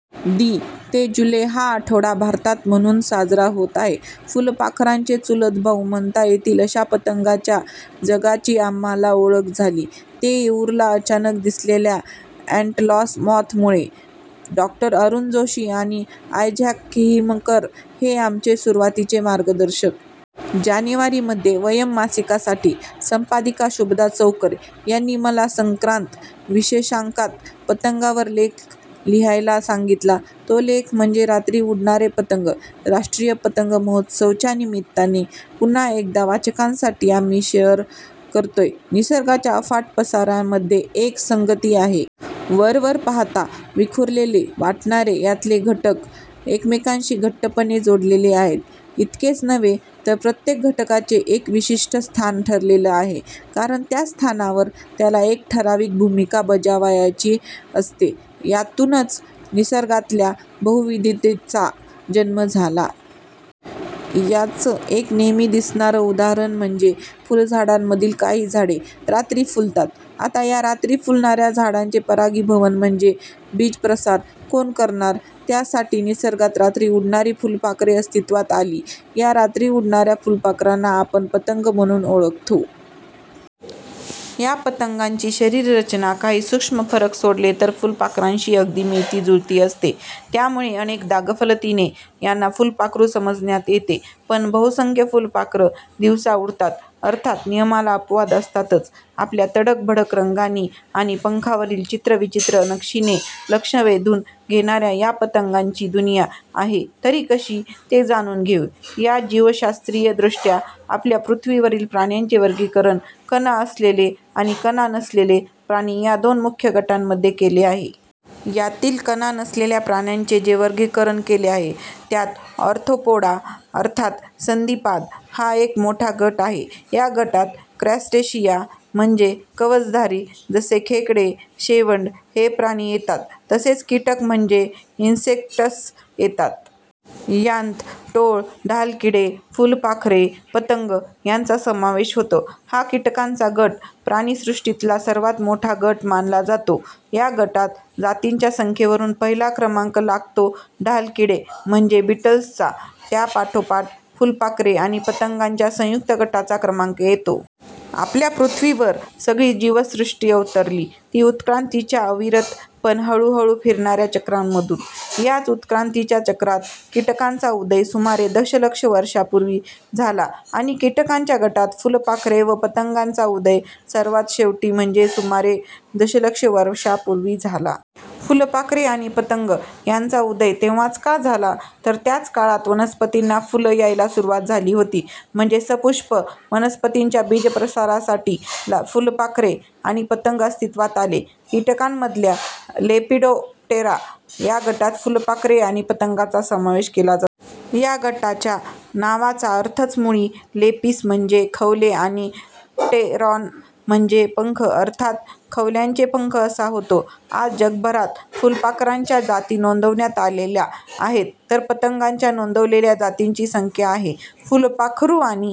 दि. ते जुलै हा आठवडा भारतात म्हणून साजरा होत आहे. फुलपाखरांचे चुलतभाऊ म्हणता येतील अशा पतंगांच्या जगाची आम्हांला ओळख झाली, ती येऊरला अचानक दिसलेल्या अॅटलास मॉथ मुळे. डॉ. अरूण जोशी आणि आयझॅक किहीमकर हे आमचे सुरुवातीचे मार्गदर्शक. जानेवारी मध्ये ''वयम्'' मासिकासाठी संपादिका शुभदा चौकर यांनी मला संक्रांत विशेषांकात ''पतंगां''वर लेख लिहायला सांगितला, तो लेख म्हणजे- 'रात्री उडणारे पतंग'. 'राष्ट्रीय ''पतंग'' महोत्सव 'च्या निमित्ताने पुन्हा एकदा वाचकांसाठी आम्ही शेअर करतोय- निसर्गाच्या अफाट पसाऱ्यामध्ये एक संगती आहे. वर वर पाहता विखुरलेले वाटणारे यातले घटक एकमेकांशी घट्टपणे जोडलेले आहेत. इतकेच नव्हे तर प्रत्येक घटकाचे एक विशिष्ठ स्थान ठरलेलं आहे, कारण त्या स्थानावर त्याला एक ठराविक भूमिका बजावायची असते. यातूनच निसर्गातल्या बहुविधतेचा जन्म झाला. याचं एक नेहमी दिसणारं उदाहरण म्हणजे, फुलझाडांमधील काही झाडे रात्री फुलतात. आता या रात्री फुलणाऱ्या झाडांचे परागीभवन म्हणजे बीज प्रसार कोण करणार? त्यासाठी निसर्गात रात्री उडणारी फुलपाखरे अस्तित्वात आली. या रात्री उडणाऱ्या फुलपाखरांना आपण 'पतंग' म्हणून ओळखतो. या पतंगांची शरीर रचना काही सूक्ष्म फरक सोडले तर फुलपाखरांशी अगदी मिळती जुळती असते, त्यामुळे अनेकदा गफलतीने यांना फुलपाखरू समजण्यात येते. पण बहुसंख्य फुलपाखरं दिवसा उडतात. अर्थात नियमाला अपवाद असतातच. आपल्या तडक भडक रंगांनी आणि पंखांवरील चित्रविचित्र नक्षिने लक्ष वेधून घेणाऱ्या या पतंगांची दुनिया आहे तरी कशी ते जाणून घेऊ या जीवशास्त्रीय दृष्ट्या आपल्या पृथ्वीवरील प्राण्यांचे वर्गिकरण कणा असलेले आणि कणा नसलेले प्राणी या दोन मुख्य गटांमध्ये केले आहे. यातील कणा नसलेल्या प्राण्यांचे जे वर्गिकरण केले आहे, त्यात ऑर्थोपोडा अर्थात संधिपाद हा एक मोठा गट आहे. या गटात क्रस्टेशिया म्हणजे कवचधारी जसे खेकडे, शेवंड हे प्राणी येतात तसेच कीटक म्हणजे इन्सेक्टस येतात. यांत टोळ, ढालकिडे, फुलपाखरे, पतंग यांचा समावेश होतो. हा कीटकांचा गट प्राणिसृष्टीतला सर्वात मोठा गट मानला जातो. या गटात जातींच्या संख्येवरुन पहिला क्रमांक लागतो ढालकिडे म्हणजे बिटल्सचा. त्यापाठोपाठ फुलपाखरे आणि पतंगांच्या संयुक्त गटाचा क्रमांक येतो. आपल्या पृथ्वीवर सगळी जीवसृष्टी अवतरली ती उत्क्रांतीच्या अविरत पण हळूहळू फिरणाऱ्या चक्रामधून. याच उतक्रांतीच्या चक्रात कीटकांचा उदय सुमारे दशलक्ष वर्षांपूर्वी झाला आणि किटकांच्या गटात फुलपाखरे व पतंगांचा उदय सर्वात शेवटी म्हणजे सुमारे दशलक्ष वर्षांपूर्वी झाला. फुलपाखरे आणि पतंग यांचा उदय तेव्हाच का झाला? तर त्याच काळात वनस्पतींना फुलं यायला सुरवात झाली होती, म्हणजे सपुष्प वनस्पतींच्या बीजप्रसारासाठी फुलपाखरे आणी पतंग अस्तित्वात आले. कीटकांमधल्या लेपिडोप्टेरा या गटात फुलपाखरे आणि पतंगांचा समावेश केला जातो. या गटाच्या नावाचा अर्थच मुळी लेपिस म्हणजे खवले आणि प्टेरॉन म्हणजे पंख अर्थात खवल्यांचे पंख असा होतो. आज जगभरात फुलपाखरांच्या जाती नोंदवण्यात आलेल्या आहेत, तर पतंगांच्या नोंदवलेल्या जातींची संख्या आहे. फुलपाखरू आणि